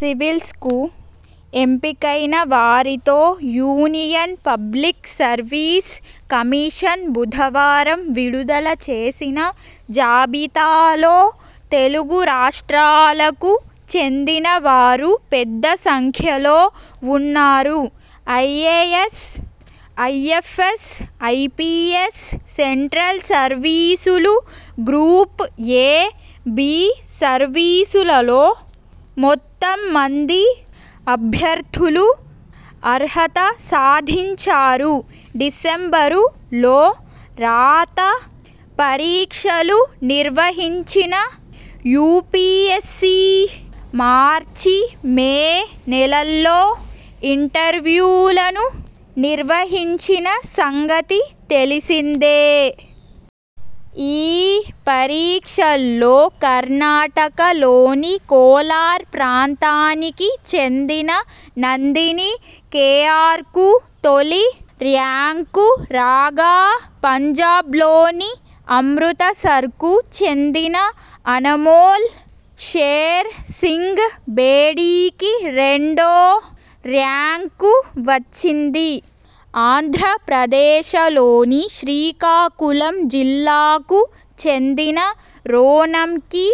సివిల్స్కు ఎంపికైన వారితో union public service commission బుధవారం విడుదల చేసిన జాబితాలో తెలుగు రాష్ట్రాలకు చెందినవారు పెద్ద సంఖ్యలో ఉన్నారు. ఐఏఎస్, ఐఎ్ఫఎస్, ఐపీఎస్, సెంట్రల్ సర్వీసులు, గ్రూప్ ఎ, బి సర్వీసులలో మొత్తం మంది అభ్యర్థులు అర్హత సాధించారు. డిసెంబరు లో రాత పరీక్షలు నిర్వహించిన యూపీఎస్సీ మార్చి మే నెలల్లో ఇంటర్యూలను నిర్వహించిన సంగతి తెలిసిందే. ఈ పరీక్షల్లో కర్ణాటక లోని కోలార్ ప్రాంతానికి చెందిన నందిని కేఆర్కు తొలి ర్యాంకు రాగా పంజాబ్లోని అమృతసర్కు చెందిన అనమోల్ షేర్ సింగ్ బేడీకి రెండో ర్యాంకు వచ్చింది. ఆంధ్రప్రదేశలోని శ్రీకాకుళం జిల్లాకు చెందిన రోణంకి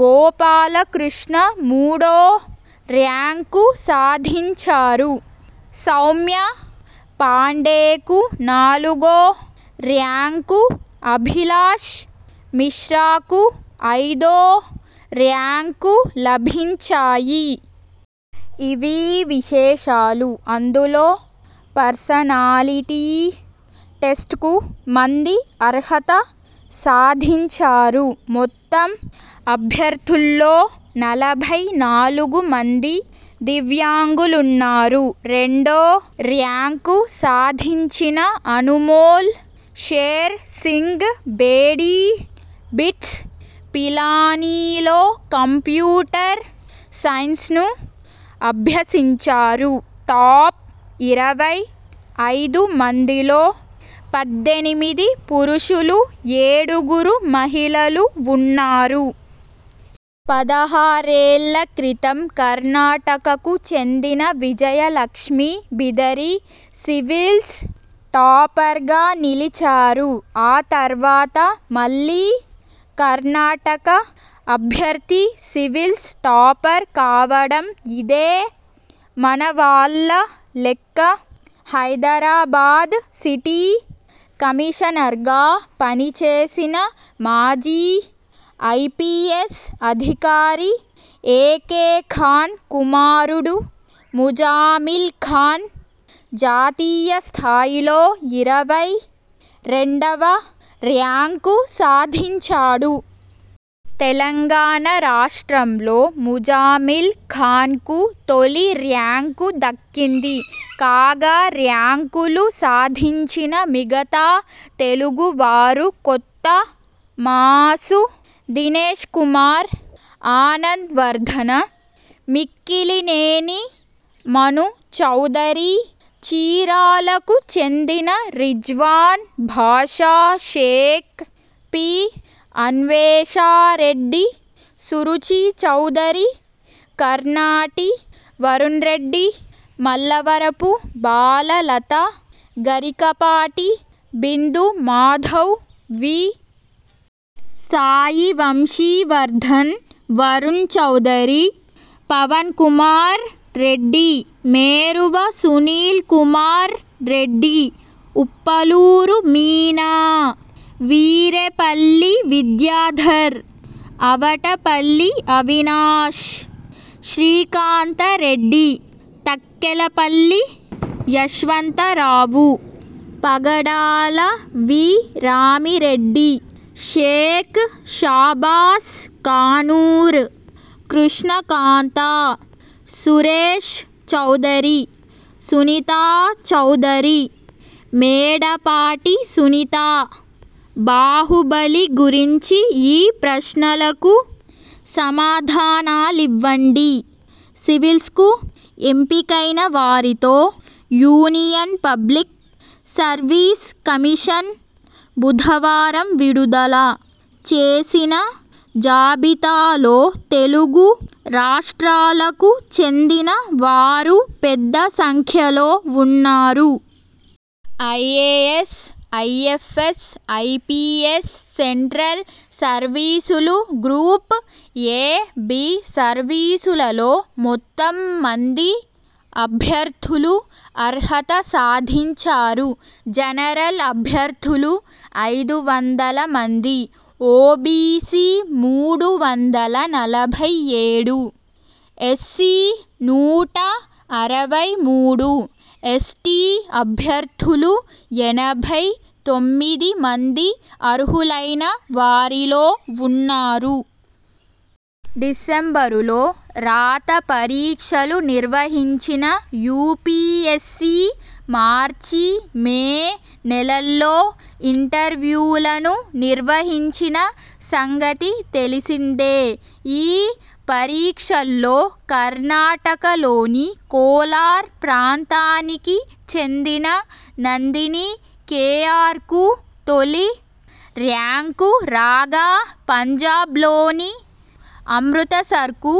గోపాలకృష్ణ మూడో ర్యాంకు సాధించారు. సౌమ్య పాండేకు నాలుగో ర్యాంకు, అభిలాశ్ మిశ్రాకు ఐదో ర్యాంకు లభించాయి. ఇవీ విశేషాలు అందులో పర్సనాలిటీ టెస్ట్కు మంది అర్హత సాధించారు. మొత్తం అభ్యర్థుల్లో నలభై నాలుగు మంది దివ్యాంగులున్నారు. రెండో ర్యాంకు సాధించిన అనుమోల్ షేర్ సింగ్ బేడీ బిట్స్, పిలానీలో కంప్యూటర్ సైన్స్ను అభ్యసించారు. టాప్ ఇరవై ఐదు మందిలో పద్దెనిమిది పురుషులు, ఏడుగురు మహిళలు ఉన్నారు. పదహారేళ్ల క్రితం కర్ణాటకకు చెందిన విజయలక్ష్మి బిదరి సివిల్స్ టాపర్గా నిలిచారు. ఆ తర్వాత మళ్లీ కర్ణాటక అభ్యర్థి సివిల్స్ టాపర్ కావడం ఇదే. మనవాళ్ల లెక్క హైదరాబాద్ సిటీ కమిషనర్గా పనిచేసిన మాజీ ఐపీఎస్ అధికారి ఏకే ఖాన్ కుమారుడు ముజామిల్ ఖాన్ జాతీయస్థాయిలో ఇరవై రెండవ ర్యాంకు సాధించాడు. తెలంగాణ రాష్ట్రంలో ముజామిల్ ఖాన్కు తొలిర్యాంకు దక్కింది. కాగా ర్యాంకులు సాధించిన మిగతా తెలుగు వారు కొత్త మాసు దినేశ్కుమార్, ఆనంద్వర్ధన, మిక్కిలినేని మను చౌదరి, చీరాలకు చెందిన Rizwan Basha Shaik, P. Anvesha Reddy, Suruchi Chowdary, Karnati Varun Reddy, Mallavarapu Bala Latha, Garikapati Bindu Madhav, V. Sai Vamsi Vardhana, Varun Chowdary, Pavan Kumar Reddy, Meruva Sunil Kumar Reddy, Uppaluru Meena, Veerepalli Vidyadhar, Avatapalli Avinash, Srikantha Reddy, Takkellapalli Yashwantha Rao, Pagadala V. Rami Reddy, Shaik Shabas Kanur, Krishnakantha, Suresh Chowdary, Sunitha Chowdary, Medapati Sunitha. Baahubali గురించి ఈ ప్రశ్నలకు సమాధానాలివ్వండి సివిల్స్కు ఎంపికైన వారితో యూనియన్ పబ్లిక్ సర్వీస్ కమిషన్ బుధవారం విడుదల చేసిన జాబితాలో తెలుగు రాష్ట్రాలకు చెందిన వారు పెద్ద సంఖ్యలో ఉన్నారు. ఐఏఎస్, ఐఎ్ఫఎస్, ఐపీఎస్, సెంట్రల్ సర్వీసులు, గ్రూప్ ఎ, బి సర్వీసులలో మొత్తం మంది అభ్యర్థులు అర్హత సాధించారు. జనరల్ అభ్యర్థులు ఐదు వందల మంది, ఓబీసీ మూడు వందల నలభై ఏడు, ఎస్సీ నూట అరవై మూడు, ఎస్టీ అభ్యర్థులు ఎనభై తొమ్మిది మంది అర్హులైన వారిలో ఉన్నారు. డిసెంబరులో రాత పరీక్షలు నిర్వహించిన యూపీఎస్సీ మార్చి మే నెలల్లో ఇంటర్యూలను నిర్వహించిన సంగతి తెలిసిందే. ఈ పరీక్షల్లో కర్ణాటకలోని కోలార్ ప్రాంతానికి చెందిన నందిని కేఆర్కు తొలి ర్యాంకు రాగా పంజాబ్లోని అమృతసర్కు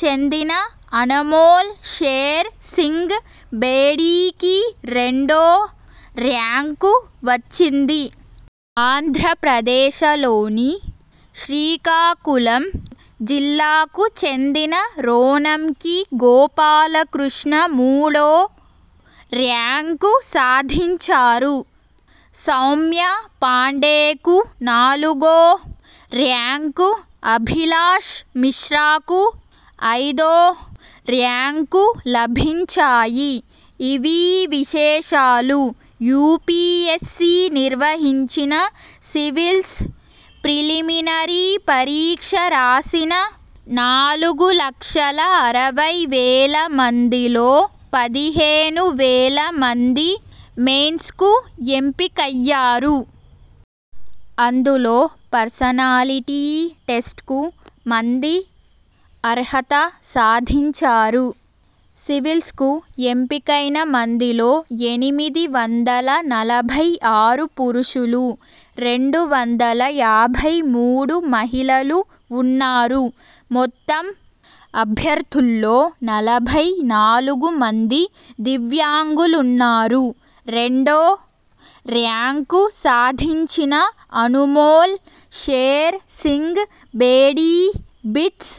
చెందిన అనమోల్ షేర్ సింగ్ బేడీకి రెండో ర్యాంకు వచ్చింది. ఆంధ్రప్రదేశలోని శ్రీకాకుళం జిల్లాకు చెందిన రోణంకి గోపాలకృష్ణ మూడో ర్యాంకు సాధించారు. సౌమ్య పాండేకు నాలుగో ర్యాంకు, అభిలాశ్ మిశ్రాకు ఐదో ర్యాంకు లభించాయి. ఇవీ విశేషాలు యూపీఎస్సీ నిర్వహించిన సివిల్స్ ప్రిలిమినరీ పరీక్ష రాసిన నాలుగు లక్షల అరవై వేల మందిలో పదిహేను వేల మంది మెయిన్స్కు ఎంపికయ్యారు. అందులో పర్సనాలిటీ టెస్ట్కు మంది అర్హత సాధించారు. సివిల్స్కు ఎంపికైన మందిలో ఎనిమిది వందల నలభై ఆరు పురుషులు, రెండు వందల యాభై మూడు మహిళలు ఉన్నారు. మొత్తం అభ్యర్థుల్లో నలభై నాలుగు మంది దివ్యాంగులున్నారు. రెండో ర్యాంకు సాధించిన అనుమోల్ షేర్ సింగ్ బేడీ బిట్స్,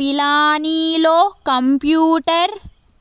పిలానీలో కంప్యూటర్